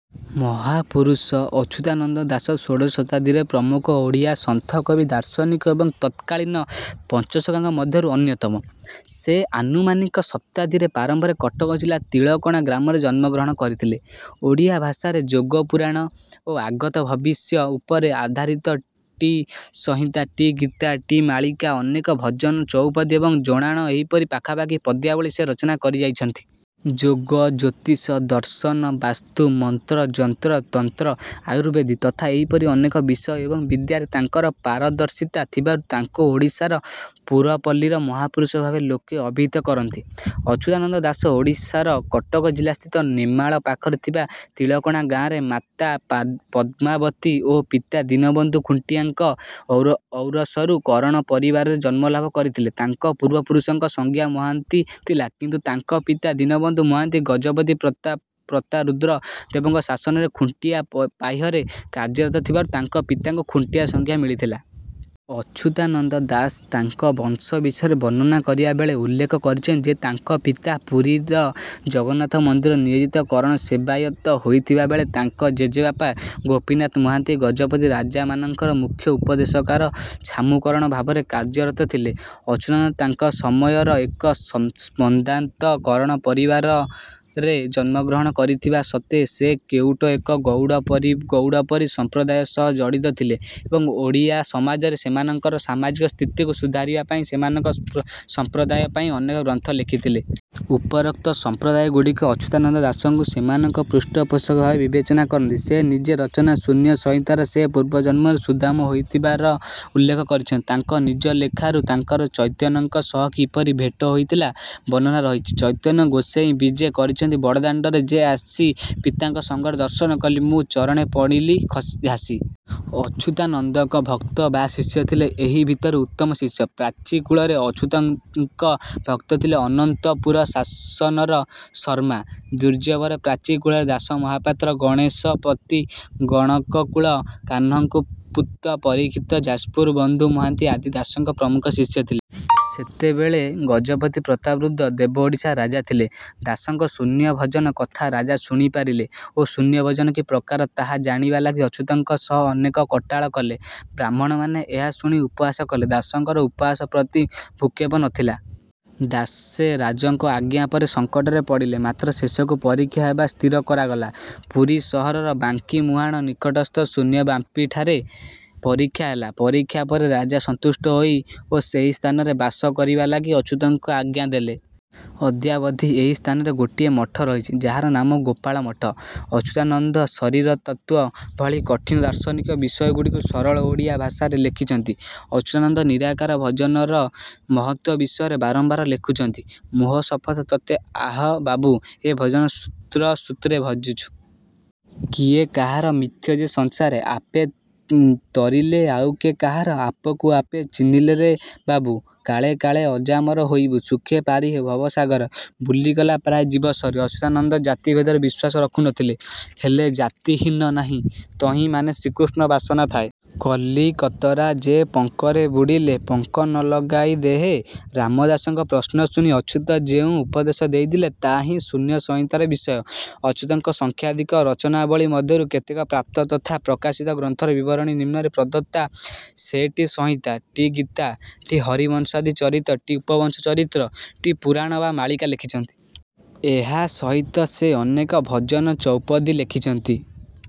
ମହାପୁରୁଷ ଅଚ୍ୟୁତାନନ୍ଦ ଦାସ ଷୋଡ଼ଶ ଶତାବ୍ଦୀର ପ୍ରମୁଖ ଓଡ଼ିଆ ସନ୍ଥ, କବି, ଦାର୍ଶନିକ ଏବଂ ତତ୍କାଳୀନ ପଞ୍ଚସଖାଙ୍କ ମଧ୍ୟରୁ ଅନ୍ୟତମ। ସେ ଆନୁମାନିକ ଶ ଶତାବ୍ଦୀ ପ୍ରାରମ୍ଭରେ କଟକ ଜିଲ୍ଲା ତିଳକଣା ଗ୍ରାମରେ ଜନ୍ମଗ୍ରହଣ କରିଥିଲେ। ଓଡ଼ିଆ ଭାଷାରେ ଯୋଗ, ପୁରାଣ ଓ ଆଗତ ଭବିଷ୍ୟ ଉପରେ ଆଧାରିତ ଟି ସଂହିତା, ଟି ଗୀତା, ଟି ମାଳିକା, ଅନେକ ଭଜନ, ଚଉପଦୀ ଏବଂ ଜଣାଣ ଏହିପରି ପାଖାପାଖି ପଦ୍ୟାବଳୀ ସେ ରଚନା କରିଯାଇଛନ୍ତି। ଯୋଗ, ଜ୍ୟୋତିଷ, ଦର୍ଶନ, ବାସ୍ତୁ, ମନ୍ତ୍ର, ଯନ୍ତ୍ର, ତନ୍ତ୍ର, ଆୟୁର୍ବେଦ ତଥା ଏହିପରି ଅନେକ ବିଷୟ ଏବଂ ବିଦ୍ୟାରେ ତାଙ୍କର ପାରଦର୍ଶିତା ଥିବାରୁ ତାଙ୍କୁ ଓଡ଼ିଶାର ପୁରପଲ୍ଳୀରେ 'ମହାପୁରୁଷ' ଭାବେ ଲୋକେ ଅଭିହିତ କରନ୍ତି। ଅଚ୍ୟୁତାନନ୍ଦ ଦାସ ଓଡ଼ିଶାର କଟକ ଜିଲ୍ଲାସ୍ଥିତ ନେମାଳ ପାଖରେ ଥିବା ତିଳକଣା ଗାଁରେ ମାତା ପଦ୍ମାବତୀ ଓ ପିତା ଦୀନବନ୍ଧୁ ଖୁଣ୍ଟିଆଙ୍କ ଔରସରୁ କରଣ ପରିବାରରେ ଜନ୍ମଲାଭ କରିଥିଲେ ତାଙ୍କ ପୂର୍ବ ପୁରୁଷଙ୍କ ସଂଜ୍ଞା ମହାନ୍ତି ଥିଲା କିନ୍ତୁ ତାଙ୍କ ପିତା ଦୀନବନ୍ଧୁ ମହାନ୍ତି ଗଜପତି ପ୍ରତାରୁଦ୍ର ଦେବଙ୍କ ଶାସନରେ ଖୁଣ୍ଟିଆ ପାହ୍ୟାରେ କାର୍ଯ୍ୟରତ ଥିବାରୁ ତାଙ୍କ ପିତାଙ୍କୁ ଖୁଣ୍ଟିଆ ସଂଜ୍ଞା ମିଳିଥିଲା। ଅଚ୍ୟୁତାନନ୍ଦ ଦାସ ତାଙ୍କ ବଂଶ ବିଷୟରେ ବର୍ଣ୍ଣନା କରିବାବେଳେ ଉଲ୍ଲେଖ କରିଛନ୍ତି ଯେ ତାଙ୍କ ପିତା ପୁରୀର ଜଗନ୍ନାଥ ମନ୍ଦିରରେ ନିୟୋଜିତ କରଣ ସେବାୟତ ହୋଇଥିବାବେଳେ ତାଙ୍କ ଜେଜେବାପା ଗୋପୀନାଥ ମହାନ୍ତି ଗଜପତି ରାଜାମାନଙ୍କର ମୁଖ୍ୟ ଉପଦେଶକାର "ଛାମୁ କରଣ" ଭାବରେ କାର୍ଯ୍ୟରତ ଥିଲେ। ଅଚ୍ୟୁତାନନ୍ଦ ତାଙ୍କ ସମୟର ଏକ ସମ୍ଭ୍ରାନ୍ତ କରଣ ପରିବାରରେ ଜନ୍ମଗ୍ରହଣ କରିଥିବା ସତ୍ତ୍ୱେ ସେ କେଉଟ ଏବଂ ଗୌଡ଼ ପରି ସମ୍ପ୍ରଦାୟ ସହ ଜଡିତ ଥିଲେ ଏବଂ ଓଡ଼ିଆ ସମାଜରେ ସେମାନଙ୍କର ସାମାଜିକ ସ୍ଥିତିକୁ ସୁଧାରିବା ପାଇଁ ସେମାନଙ୍କ ସମ୍ପ୍ରଦାୟ ପାଇଁ ଅନେକ ଗ୍ରନ୍ଥ ଲେଖିଥିଲେ। ଉପରୋକ୍ତ ସମ୍ପ୍ରଦାୟଗୁଡ଼ିକ ଅଚ୍ୟୁତାନନ୍ଦ ଦାସଙ୍କୁ ସେମାନଙ୍କ ପୃଷ୍ଟପୋଷକ ଭାବେ ବିବେଚନା କରନ୍ତି। ସେ ନିଜ ରଚନା ଶୂନ୍ୟସଂହିତାରେ ସେ ପୂର୍ବ ଜନ୍ମରେ ସୁଦାମା ହୋଇଥିବାର ଉଲ୍ଲେଖ କରିଛନ୍ତି। ତାଙ୍କ ନିଜ ଲେଖାରୁ ତାଙ୍କର ଚୈତନ୍ୟଙ୍କ ସହ କିପରି ଭେଟ ହୋଇଥିଲା ବର୍ଣ୍ଣନା ରହିଛି। ଚୈତନ୍ୟ ଗୋସାଇଁ ବିଜେ କରିଛନ୍ତି ବଡ଼ଦାଣ୍ଡରେ ଯେ ଆସି ପିତାଙ୍କ ସଙ୍ଗରେ ଦର୍ଶନ କଲି ମୁଁ ଚରଣେ ପଡ଼ିଲି ଝାସି। ଅଚ୍ୟୁତାନନ୍ଦଙ୍କ ଭକ୍ତ ବା ଶିଷ୍ୟ ଥିଲେ। ଏହି ଭିତରୁ ଉତ୍ତମ ଶିଷ୍ୟ। ପ୍ରାଚୀକୂଳରେ ଅଚ୍ୟୁତଙ୍କ ଭକ୍ତ ଥିଲେ। ଅନନ୍ତପୁର ଶାସନର ଶର୍ମ୍ମା ଦ୍ୱିଜବର, ପ୍ରାଚୀ କୂଳର ଦାସ ମହାପାତ୍ର, ଗଣେଶ ପତି, ଗଣକକୁଳ କାହ୍ନୁଙ୍କ ପୁତ ପରୀକ୍ଷିତ, ଯାଜପୁର ବନ୍ଧୁ ମହାନ୍ତି ଆଦି ଦାସଙ୍କ ପ୍ରମୁଖ ଶିଷ୍ୟ ଥିଲେ। ସେତେବେଳେ ଗଜପତି ପ୍ରତାପରୁଦ୍ର ଦେବ ଓଡ଼ିଶାର ରାଜା ଥିଲେ। ଦାସଙ୍କ ଶୂନ୍ୟଭଜନ କଥା ରାଜା ଶୁଣିପାରିଲେ ଓ ଶୂନ୍ୟଭଜନ କି ପ୍ରକାର ତାହା ଜାଣିବା ଲାଗି ଅଚ୍ୟୁତଙ୍କ ସହ ଅନେକ କଟାଳ କଲେ। ବ୍ରାହ୍ମଣମାନେ ଏହା ଶୁଣି ଉପହାସ କଲେ। ଦାସଙ୍କର ଉପହାସ ପ୍ରତି ଭ୍ରୂକ୍ଷେପ ନ ଥିଲା। ଦାସେ ରାଜାଙ୍କ ଆଜ୍ଞା ପାଇ ସଙ୍କଟରେ ପଡ଼ିଲେ ମାତ୍ର ଶେଷକୁ ପରୀକ୍ଷା ହେବା ସ୍ଥିର କରାଗଲା। ପୁରୀ ସହରର ବାଙ୍କି ମୁହାଁଣ ନିକଟସ୍ଥ ଶୂନ୍ୟ ବାମ୍ଫିଠାରେ ପରୀକ୍ଷା ହେଲା। ପରୀକ୍ଷା ପରେ ରାଜା ସନ୍ତୁଷ୍ଟ ହୋଇ ଓ ସେହି ସ୍ଥାନରେ ବାସ କରିବା ଲାଗି ଅଚ୍ୟୁତଙ୍କୁ ଆଜ୍ଞା ଦେଲେ। ଅଦ୍ୟାବଧି ଏହି ସ୍ଥାନରେ ଗୋଟିଏ ମଠ ରହିଛି ଯାହାର ନାମ ଗୋପାଳ ମଠ। ଅଚ୍ୟୁତାନନ୍ଦ ଶରୀରତତ୍ତ୍ୱ ଭଳି କଠିନ ଦାର୍ଶନିକ ବିଷୟଗୁଡ଼ିକୁ ସରଳ ଓଡ଼ିଆ ଭାଷାରେ ଲେଖିଛନ୍ତି। ଅଚ୍ୟୁତାନନ୍ଦ ନିରାକାର ଭଜନର ମହତ୍ତ୍ୱ ବିଷୟରେ ବାରମ୍ବାର ଲେଖିଛନ୍ତି। ମୋହ ଶପଥ ତୋତେ ଆହୋ ବାବୁ। ଏ ଭଜନ ସୂତ୍ର ସୂତ୍ରେ ଭଜିବୁ।। କିଏ କାହାର ମିଥ୍ଯା ଯେ ସଂସାର। ଆପେ ତରିଲେ ଆଉ କେ କାହାର।। ଆପକୁ ଆପେ ଚିହ୍ନିଲେରେ ବାବୁ। କାଳେ କାଳେ ଅଜାମର ହୋଇବୁ।। ସୁଖେ ପାରିହେବୁ ଭବସାଗର। ବୁଲିଗଲା ପ୍ରାୟେ ଯିବ ଶରୀର।। ଅଚ୍ୟୁତାନନ୍ଦ ଜାତିଭେଦରେ ବିଶ୍ୱାସ ରଖୁନଥିଲେ। ହେଲେ ଜାତି ହୀନ ନାହିଁ ତହିଁ ମାନ ଶ୍ରୀକୃଷ୍ଣ ବାସନା ଥାଏ। କଲିକତରା ଯେ ପଙ୍କରେ ବୁଡ଼ିଲେ ପଙ୍କ ନ ଲାଗଇ ଦେହେ।। ରାମଦାସଙ୍କ ପ୍ରଶ୍ନ ଶୁଣି ଅଚ୍ୟୁତ ଯେଉଁ ଉପଦେଶ ଦେଇଥିଲେ ତାହା ହିଁ ଶୂନ୍ୟସଂହିତାର ବିଷୟ। ଅଚ୍ୟୁତଙ୍କ ସଂଖ୍ୟାଧିକ ରଚନାବଳୀ ମଧ୍ୟରୁ କେତକ ପ୍ରାପ୍ତ ତଥା ପ୍ରକାଶିତ ଗ୍ରନ୍ଥର ବିବରଣୀ ନିମ୍ନରେ ପ୍ରଦତ୍ତ। ସେ ଟି ସଂହିତା, ଟି ଗୀତା, ଟି ହରିବଂଶାଦି ଚରିତ, ଟି ଉପବଂଶ ଚରିତ, ଟି ପୁରାଣ ବା ମାଳିକା ଲେଖିଛନ୍ତି। ଏହା ସହିତ ସେ ଅନେକ ଭଜନ ଚୌପଦୀ ଲେଖିଛନ୍ତି।।